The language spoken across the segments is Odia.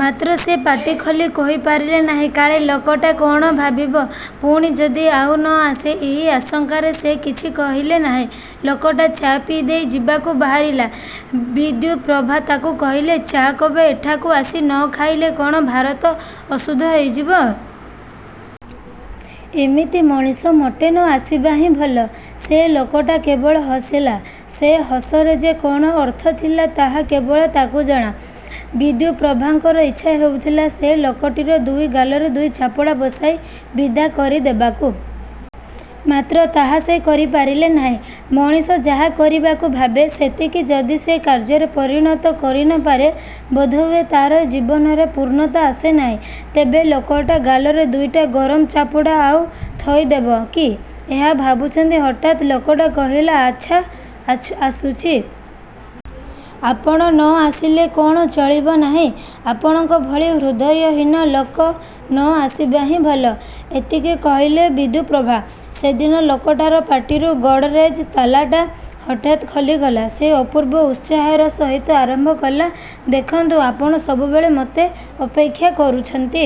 ମାତ୍ର ସେ ପାଟି ଖୋଲି କହିପାରିଲେ ନାହିଁ। କାଳେ ଲୋକଟା କ'ଣ ଭାବିବ? ପୁଣି ଯଦି ଆଉ ନ ଆସେ? ଏହି ଆଶଙ୍କାରେ ସେ କିଛି କହିଲେ ନାହିଁ। ଲୋକଟା ଚା' ପିଇଦେଇ ଯିବାକୁ ବାହାରିଲା। ବିଦ୍ୟୁପ୍ରଭା ତାକୁ କହିଲେ, ''ଚା କପେ ଏଠାକୁ ଆସି ନ ଖାଇଲେ କ'ଣ ଭାରତ ଅଶୁଦ୍ଧ ହୋଇଯିବ? ଏମିତି ମଣିଷ ମୋଟେ ନ ଆସିବା ହିଁ ଭଲ। '' ସେ ଲୋକଟା କେବଳ ହସିଲା। ସେ ହସରେ ଯେ କ'ଣ ଅର୍ଥଥିଲା ତାହା କେବଳ ତାକୁ ଜଣା। ବିଦ୍ୟୁପ୍ରଭାଙ୍କର ଇଚ୍ଛା ହେଉଥିଲା ସେ ଲୋକଟିର ଦୁଇ ଗାଲରେ ଦୁଇ ଚାପୁଡ଼ା ବସାଇ ବିଦା କରିଦେବାକୁ। ମାତ୍ର ତାହା ସେ କରିପାରିଲେ ନାହିଁ। ମଣିଷ ଯାହା କରିବାକୁ ଭାବେ ସେତିକି ଯଦି ସେ କାର୍ଯ୍ୟରେ ପରିଣତ କରିନପାରେ ବୋଧହୁଏ ତା'ର ଜୀବନରେ ପୂର୍ଣ୍ଣତା ଆସେ ନାହିଁ। ତେବେ ଲୋକଟା ଗାଲରେ ଦୁଇଟା ଗରମ ଚାପୁଡ଼ା ଆଉ ଥୋଇଦେବ କି? ଏହା ଭାବୁଛନ୍ତି ହଠାତ୍ ଲୋକଟା କହିଲା ''ଆଚ୍ଛା ଆସୁଛି। '' ''ଆପଣ ନ ଆସିଲେ କ'ଣ ଚଳିବ ନାହିଁ? ଆପଣଙ୍କ ଭଳି ହୃଦୟହୀନ ଲୋକ ନ ଆସିବା ହିଁ ଭଲ। '' ଏତିକି କହିଲେ ବିଦ୍ୟୁପ୍ରଭା। ସେଦିନ ଲୋକଟାର ପାଟିରୁ ଗଡ଼ରେଜ୍ ତାଲାଟା ହଠାତ୍ ଖୋଲିଗଲା। ସେ ଅପୂର୍ବ ଉତ୍ସାହର ସହିତ ଆରମ୍ଭ କଲା, ''ଦେଖନ୍ତୁ ଆପଣ ସବୁବେଳେ ମୋତେ ଅପେକ୍ଷା କରୁଛନ୍ତି।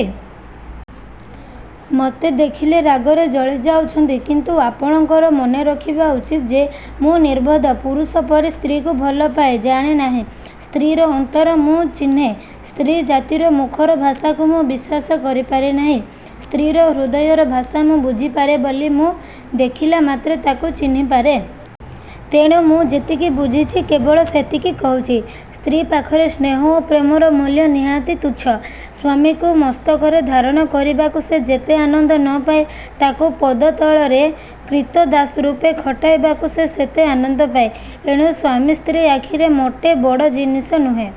ମୋତେ ଦେଖିଲେ ରାଗରେ ଜଳିଯାଉଛନ୍ତି। କିନ୍ତୁ ଆପଣଙ୍କର। ମନେରଖିବା ଉଚିତ ଯେ ମୁଁ ନିର୍ବୋଧ ପୁରୁଷ ପରି ସ୍ତ୍ରୀକୁ ଭଲପାଇ ଜାଣେନାହିଁ। ସ୍ତ୍ରୀର ଅନ୍ତର ମୁଁ ଚିହ୍ନେ। ସ୍ତ୍ରୀ ଜାତିର ମୁଖର ଭାଷାକୁ ମୁଁ ବିଶ୍ୱାସ କରିପାରେ ନାହିଁ। ସ୍ତ୍ରୀର ହୃଦୟର ଭାଷା ମୁଁ ବୁଝିପାରେ ବୋଲି ମୁଁ ଦେଖିଲା ମାତ୍ରେ ତାକୁ ଚିହ୍ନିପାରେ। ତେଣୁ ମୁଁ ଯେତିକି ବୁଝିଛି କେବଳ ସେତିକି କହୁଛି। ସ୍ତ୍ରୀ ପାଖରେ ସ୍ନେହ ଓ ପ୍ରେମର ମୂଲ୍ୟ ନିହାତି ତୁଚ୍ଛ। ସ୍ୱାମୀକୁ ମସ୍ତକରେ ଧାରଣ କରିବାକୁ ସେ ଯେତେ ଆନନ୍ଦ ନ ପାଏ ତାକୁ ପଦତଳରେ କ୍ରୀତଦାସରୂପେ ଖଟାଇବାକୁ ସେ ସେତେ ଆନନ୍ଦ ପାଏ। ଏଣୁ ସ୍ୱାମୀ ସ୍ତ୍ରୀ ଆଖିରେ ମୋଟେ ବଡ଼ ଜିନିଷ ନୁହେଁ।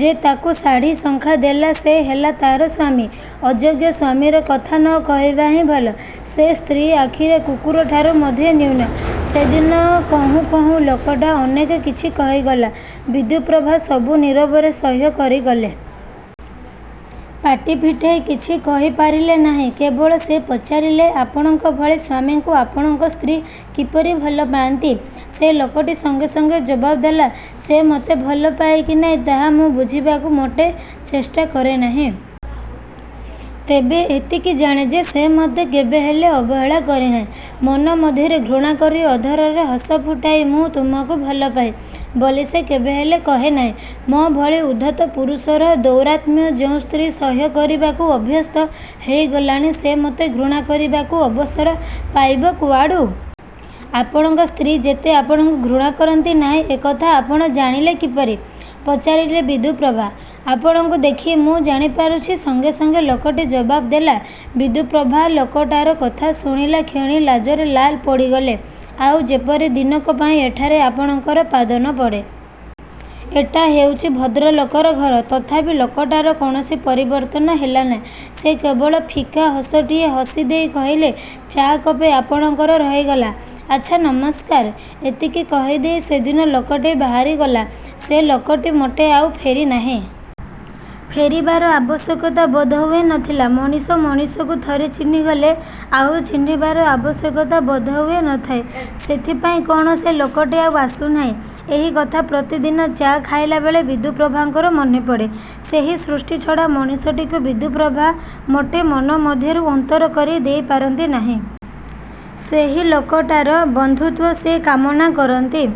ଯେ ତାକୁ ଶାଢ଼ି, ଶଙ୍ଖା ଦେଲା ସେ ହେଲା ତା'ର ସ୍ୱାମୀ। ଅଯୋଗ୍ୟ ସ୍ୱାମୀର କଥା ନ କହିବା ହିଁ ଭଲ, ସେ ସ୍ତ୍ରୀ ଆଖିରେ କୁକୁରଠାରୁ ମଧ୍ୟ ନ୍ୟୁନ। '' ସେଦିନ କହୁଁ କହୁଁ ଲୋକଟା ଅନେକ କିଛି କହିଗଲା। ବିଦ୍ୟୁପ୍ରଭା ସବୁ ନିରବରେ ସହ୍ୟ କରିଗଲେ। ପାଟି ଫିଟାଇ କିଛି କହିପାରିଲେ ନାହିଁ। କେବଳ ସେ ପଚାରିଲେ, ''ଆପଣଙ୍କ ଭଳି ସ୍ୱାମୀଙ୍କୁ ଆପଣଙ୍କ ସ୍ତ୍ରୀ କିପରି ଭଲପାଆନ୍ତି? '' ସେ ଲୋକଟି ସଙ୍ଗେ ସଙ୍ଗେ ଜବାବ୍ ଦେଲା, ''ସେ ମୋତେ ଭଲପାଏ କି ନାହିଁ ତାହା ମୁଁ ବୁଝିବାକୁ ମୋଟେ ଚେଷ୍ଟା କରେନାହିଁ। ତେବେ ଏତିକି ଜାଣେ ଯେ ସେ ମୋତେ କେବେହେଲେ ଅବହେଳା କରେନାହିଁ। ମନ ମଧ୍ୟରେ ଘୃଣାକରି ଅଧରରେ ହସଫୁଟାଇ 'ମୁଁ ତୁମକୁ ଭଲପାଏ' ବୋଲି ସେ କେବେହେଲେ କହେନାହିଁ। ମୋ ଭଳି ଉଦ୍ଧତ ପୁରୁଷର ଦୌରାତ୍ମ୍ୟ ଯେଉଁ ସ୍ତ୍ରୀ ସହ୍ୟ କରିବାକୁ ଅଭ୍ୟସ୍ତ ହୋଇଗଲାଣି ସେ ମୋତେ ଘୃଣା କରିବାକୁ ଅବସର ପାଇବ କୁଆଡ଼ୁ-? '' ''ଆପଣଙ୍କ ସ୍ତ୍ରୀ ଯେ ଆପଣଙ୍କୁ ଘୃଣାକରନ୍ତି ନାହିଁ ଏକଥା ଆପଣ ଜାଣିଲେ କିପରି? '' ପଚାରିଲେ ବିଦ୍ୟୁପ୍ରଭା। ''ଆପଣଙ୍କୁ ଦେଖି ମୁଁ ଜାଣି ପାରୁଛି। '' ସଙ୍ଗେ ସଙ୍ଗେ ଲୋକଟି ଜବାବ୍ ଦେଲା। ବିଦ୍ୟୁପ୍ରଭା ଲୋକଟାର କଥା ଶୁଣିଲାକ୍ଷଣି ଲାଜରେ ଲାଲ ପଡ଼ିଗଲେ। ଆଉ ଯେପରି ଦିନକ ପାଇଁ ଏଠାରେ ଆପଣଙ୍କର ପାଦନପଡ଼େ। ଏଟା ହେଉଛି ଭଦ୍ରଲୋକର ଘର। '' ତଥାପି ଲୋକଟାର କୌଣସି ପରିବର୍ତ୍ତନ ହେଲାନାହିଁ। ସେ କେବଳ ଫିକା ହସଟିଏ ହସି ଦେଇ କହିଲେ, ''ଚା କପେ ଆପଣଙ୍କର ରହିଗଲା। ଆଚ୍ଛା ନମସ୍କାର। '' ଏତିକି କହିଦେଇ ସେଦିନ ଲୋକଟି ବାହାରିଗଲା। ସେ ଲୋକଟି ମୋଟେ ଆଉ ଫେରିନାହିଁ। ଫେରିବାର ଆବଶ୍ୟକତା ବୋଧହୁଏ ନ ଥିଲା। ମଣିଷ ମଣିଷକୁ ଥରେ ଚିହ୍ନିଗଲେ ଆଉ ଚିହ୍ନିବାର ଆବଶ୍ୟକତା ବୋଧହୁଏ ନଥାଏ। ସେଥିପାଇଁ କ'ଣ ସେ ଲୋକଟି ଆଉ ଆସୁନାହିଁ? ଏହି କଥା ପ୍ରତିଦିନ ଚା' ଖାଇଲାବେଳେ ବିଦ୍ୟୁପ୍ରଭାଙ୍କର ମନେପଡ଼େ। ସେହି ସୃଷ୍ଟିଛଡ଼ା ମଣିଷଟିକୁ ବିଦ୍ୟୁପ୍ରଭା ମୋଟେ ମନ ମଧ୍ୟରୁ ଅନ୍ତର କରି ଦେଇପାରନ୍ତି ନାହିଁ। ସେହି ଲୋକଟାର ବନ୍ଧୁତ୍ୱ ସେ କାମନା କରନ୍ତି।